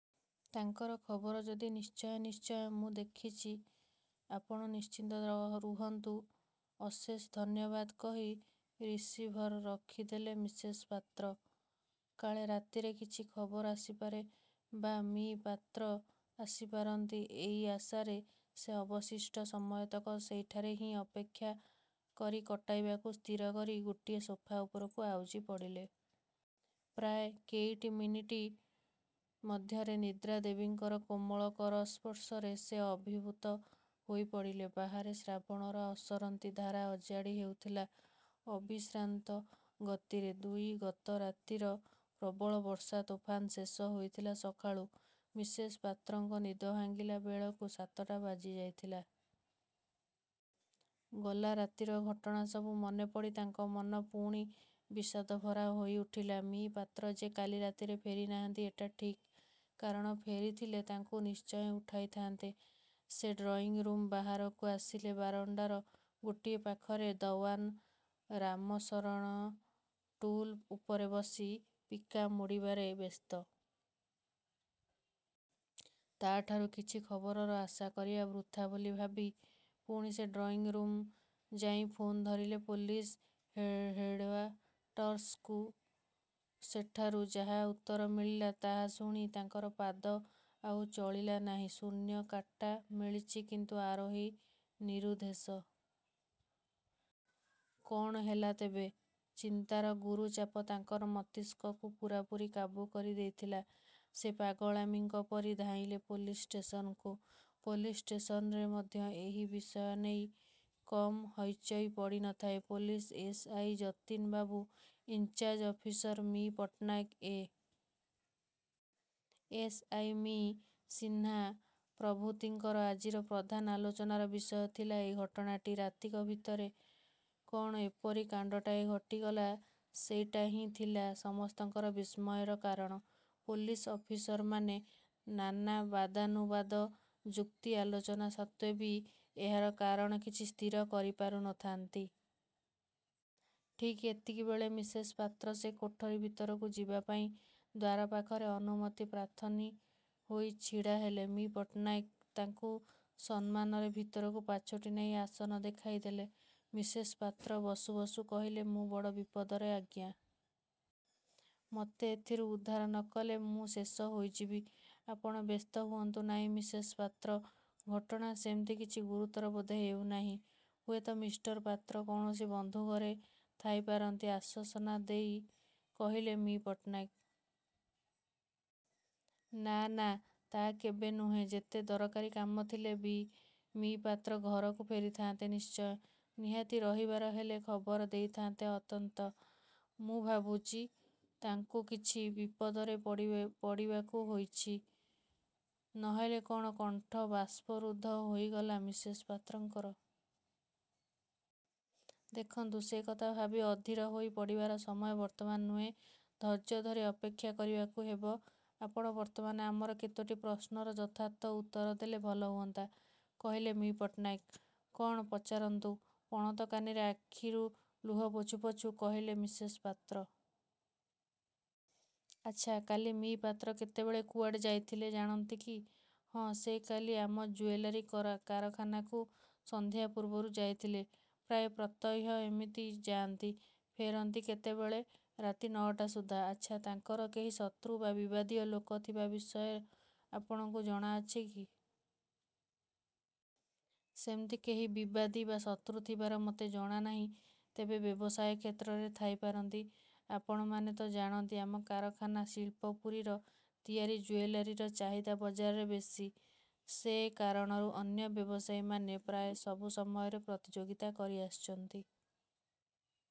ତାଙ୍କର ଖବର ଯଦି '''' ନିଶ୍ଚୟ, ନିଶ୍ଚୟ! ମୁଁ ଦେଖୁଛି; ଆପଣ ନିଶ୍ଚିନ୍ତ ରହନ୍ତୁ। '' ''ଅଶେଷ ଧନ୍ୟବାଦ '' କହି ରିସିଭର୍ ରଖି ଦେଲେ ମିସେସ୍ ପାତ୍ର। କାଳେ ରାତିରେ କିଛି ଖବର ଆସିପାରେ ବା ମି: ପାତ୍ର ଆସି ପାରନ୍ତି, ଏଇ ଆଶାରେ ସେ ଅବଶିଷ୍ଟ ସମୟତକ ସେଇଠାରେ ହିଁ ଅପେକ୍ଷା କରି କଟାଇବାକୁ ସ୍ଥିର କରି ଗୋଟିଏ ସୋଫା ଉପରକୁ ଆଉଜି ପଡ଼ିଲେ। ପ୍ରାୟ କେଇଟି ମିନିଟ ମଧ୍ୟରେ ନିଦ୍ରା ଦେବୀଙ୍କର କୋମଳ କର ସ୍ପର୍ଶରେ ସେ ଅଭିଭୂତ ହୋଇ ପଡ଼ିଲେ। ବାହାରେ ଶ୍ରାବଣର ଅସରନ୍ତି ଧାରା ଅଜାଡ଼ି ହେଉଥିଲା ଅବିଶ୍ରାନ୍ତ ଗତିରେ। -ଦୁଇ- ଗତ ରାତିର ପ୍ରବଳ ବର୍ଷା ତୋଫାନ ଶେଷ ହୋଇଥିଲା ସକାଳକୁ। ମିସେସ୍ ପାତ୍ରଙ୍କ ନିଦ ଭାଙ୍ଗିଲା ବେଳକୁ ସାତଟା ବାଜି ଯାଇଥିଲା। ଗଲା ରାତିର ଘଟଣା ସବୁ ମନେପଡ଼ି ତାଙ୍କ ମନ ପୁଣି ବିଷାଦଭରା ହୋଇଉଠିଲା। ମି: ପାତ୍ର ଯେ କାଲି ରାତିରେ ଫେରି ନାହାନ୍ତି-ଏଟା, ଠିକ୍, କାରଣ ଫେରି ଥିଲେ ତାଙ୍କୁ ନିଶ୍ଚୟ ଉଠାଇଥାନ୍ତେ। ସେ ଡ୍ରଇଂ ରୁମ୍ ବାହାରକୁ ଆସିଲେ। ବାରଣ୍ଡାର ଗୋଟିଏ ପାଖରେ ଦର୍ଓ୍ୱାନ୍ ରାମଶରଣ ଟୁଲ୍ ଉପରେ ବସି ପିକା ମୋଡ଼ିବାରେ ବ୍ୟସ୍ତ। ତା' ଠାରୁ କିଛି ଖବରର ଆଶା କରିବା ବୃଥା ବୋଲି ଭାବି ପୁଣି ସେ ଡ୍ରଇଂରୁମ୍ ଯାଇ ଫୋନ୍ ଧରିଲେ, ପୋଲିସ୍ ହେଡ଼୍କ୍ୱାଟର୍ସକୁ। ସେଠାରୁ ଯାହା ଉତ୍ତର ମିଳିଲା ତାହା ଶୁଣି ତାଙ୍କର ପାଦ ଆଉ ଚଳିଲା ନାହିଁ। ''ଶୂନ୍ୟ କାର୍ଟା ମିଳିଛି, କିନ୍ତୁ ଆରୋହୀ ନିରୁଦ୍ଦେଶ! କ'ଣ ହେଲା ତେବେ? '' ଚିନ୍ତାର ଗୁରୁଚାପ ତାଙ୍କର ମସ୍ତିଷ୍କକୁ ପୂରାପୂରି କାବୁ କରି ଦେଇଥିଲା। ସେ ପାଗଳାମୀଙ୍କ ପରି ଧାଇଁଲେ ପୋଲିସ୍ ଷ୍ଟେସନକୁ-। ପୋଲିସ୍ ଷ୍ଟେସନରେ ମଧ୍ୟ ଏହି ବିଷୟ ନେଇ କମ ହୈଚୈ ପଡ଼ି ନ ଥାଏ। Police S. ଆଇ. ଯତୀନ ବାବୁ, in charge officer Mr: Pattanaik, A. S. I. Mr: Sinha ପ୍ରଭୃତିଙ୍କର ଆଜିର ପ୍ରଧାନ ଆଲୋଚନାର ବିଷୟ ଥିଲା ଏଇ ଘଟଣାଟି। ରାତିକ ଭିତରେ କ'ଣ ଏପରି କାଣ୍ଡଟାଏ ଘଟିଗଲା-ସେଇଟାହିଁ ଥିଲା ସମସ୍ତଙ୍କର ବିସ୍ମୟର କାରଣ। ପୋଲିସ୍ ଅଫିସରମାନେ ନାନା ବାଦାନୁବାଦ, ଯୁକ୍ତି, ଆଲୋଚନା ସତ୍ତ୍ୱେ ବି ଏହାର କାରଣ କିଛି ସ୍ଥିର କରିପାରୁ ନଥାନ୍ତି। ଠିକ୍ ଏତିକିବେଳେ ମିସେସ୍ ପାତ୍ର ସେ କୋଠାରୀ ଭିତରକୁ ଯିବା ପାଇଁ ଦ୍ୱାର ପାଖରେ ଅନୁମତି ପ୍ରାର୍ଥିନୀ ହୋଇ ଛିଡ଼ା ହେଲେ। ମି: ପଟ୍ଟନାୟକ ତାଙ୍କୁ ସସମ୍ମାନରେ ଭିତରକୁ ପାଛୋଟି ନେଇ ଆସନ ଦେଖାଇ ଦେଲେ। ମିସେସ୍ ପାତ୍ର ବସୁ ବସୁ କହିଲେ-''ମୁଁ ବଡ଼ ବିପଦରେ ଆଜ୍ଞା-! ମୋତେ ଏଥିରୁ ଉଦ୍ଧାର ନ କଲେ ମୁଁ ଶେଷ ହୋଇଯିବି। '' ''ଆପଣ ବ୍ୟସ୍ତ ହୁଅନ୍ତୁ ନାହିଁ ମିସେସ୍ ପାତ୍ର! ଘଟଣା ସେମିତି କିଛି ଗୁରୁତର ବୋଧ ହେଉନାହିଁ। ହୁଏତ ମିଷ୍ଟର ପାତ୍ର କୌଣସି ବନ୍ଧୁ ଘରେ ଥାଇ ପାରନ୍ତି। '' ଆଶ୍ୱାସନା ଦେଇ କହିଲେ ମି: ପଟ୍ଟନାୟକ। ''ନା, ନା, ତା କେବେ ନୁହେଁ। ଯେତେ ଦରକାରୀ କାମ ଥିଲେ ବି ମି: ପାତ୍ର ଘରକୁ ଫେରିଥାନ୍ତେ ନିଶ୍ଚୟ। ନିହାତି ରହିବାର ହେଲେ ଖବର ଦେଇଥାନ୍ତେ ଅନ୍ତତଃ। ମୁଁ ଭାବୁଛି ତାଙ୍କୁ କିଛି ବିପଦରେ ପଡ଼ିବାକୁ ହୋଇଛି। ନହେଲେ କ'ଣ '' କଣ୍ଠ ବାସ୍ପରୁଦ୍ଧ ହୋଇଗଲା ମିସେସ୍ ପାତ୍ରଙ୍କର। ''ଦେଖନ୍ତୁ! ସେ କଥା ଭାବି ଅଧୀର ହୋଇ ପଡ଼ିବାର ସମୟ ବର୍ତ୍ତମାନ ନୁହେଁ। ଧୈର୍ଯଧରି ଅପେକ୍ଷା କରିବାକୁ ହେବ। ଆପଣ ବର୍ତ୍ତମାନ ଆମର କେତୋଟି ପ୍ରଶ୍ନର ଯଥାର୍ଥ ଉତ୍ତର ଦେଲେ ଭଲ ହୁଅନ୍ତା। '' କହିଲେ ମି: ପଟ୍ଟନାୟକ। ''କ'ଣ ପଚାରନ୍ତୁ! '' ପଣତ କାନିରେ ଆଖିରୁ ଲୁହ ପୋଛୁ ପୋଛୁ କହିଲେ ମିସେସ୍ ପାତ୍ର। ''ଆଚ୍ଛା, କାଲି ମି: ପାତ୍ର କେତେବେଳେ କୁଆଡ଼େ ଯାଇଥିଲେ ଜାଣନ୍ତି କି? '' ''ହଁ, ସେ କାଲି ଆମ ଜୁଏଲାରୀ କାରଖାନାକୁ ସନ୍ଧ୍ୟା ପୂର୍ବରୁ ଯାଇଥିଲେ। ପ୍ରାୟ ପ୍ରତ୍ୟହ ଏମିତି ଯାଆନ୍ତି। '' ''ଫେରନ୍ତି କେତେବେଳେ? '' ''ରାତି ନଅଟା ସୁଦ୍ଧା। '' ''ଆଚ୍ଛା, ତାଙ୍କର କେହି ଶତ୍ରୁ ବା ବିବାଦୀୟ ଲୋକ ଥିବା ବିଷୟ ଆପଣାକୁ ଜଣା ଅଛିକି-? '' ''ସେମିତି କେହି ବିବାଦୀ ବା ଶତ୍ରୁ ଥିବାର ମୋତେ ଜଣାନାହିଁ, ତେବେ ବ୍ୟବସାୟ କ୍ଷେତ୍ରରେ ଥାଇପାରନ୍ତି। ଆପଣମାନେ ତ ଜାଣନ୍ତି-ଆମ କାରଖାନା 'ଶିଳ୍ପପୁରୀ'ର ତିଆରି ଜୁଏଲାରୀର ଚାହିଦା ବଜାରରେ ବେଶୀ। ସେ କାରଣରୁ ଅନ୍ୟ ବ୍ୟବସାୟୀମାନେ ପ୍ରାୟ ସବୁ ସମୟରେ ପ୍ରତିଯୋଗିତା କରି ଆସିଛନ୍ତି।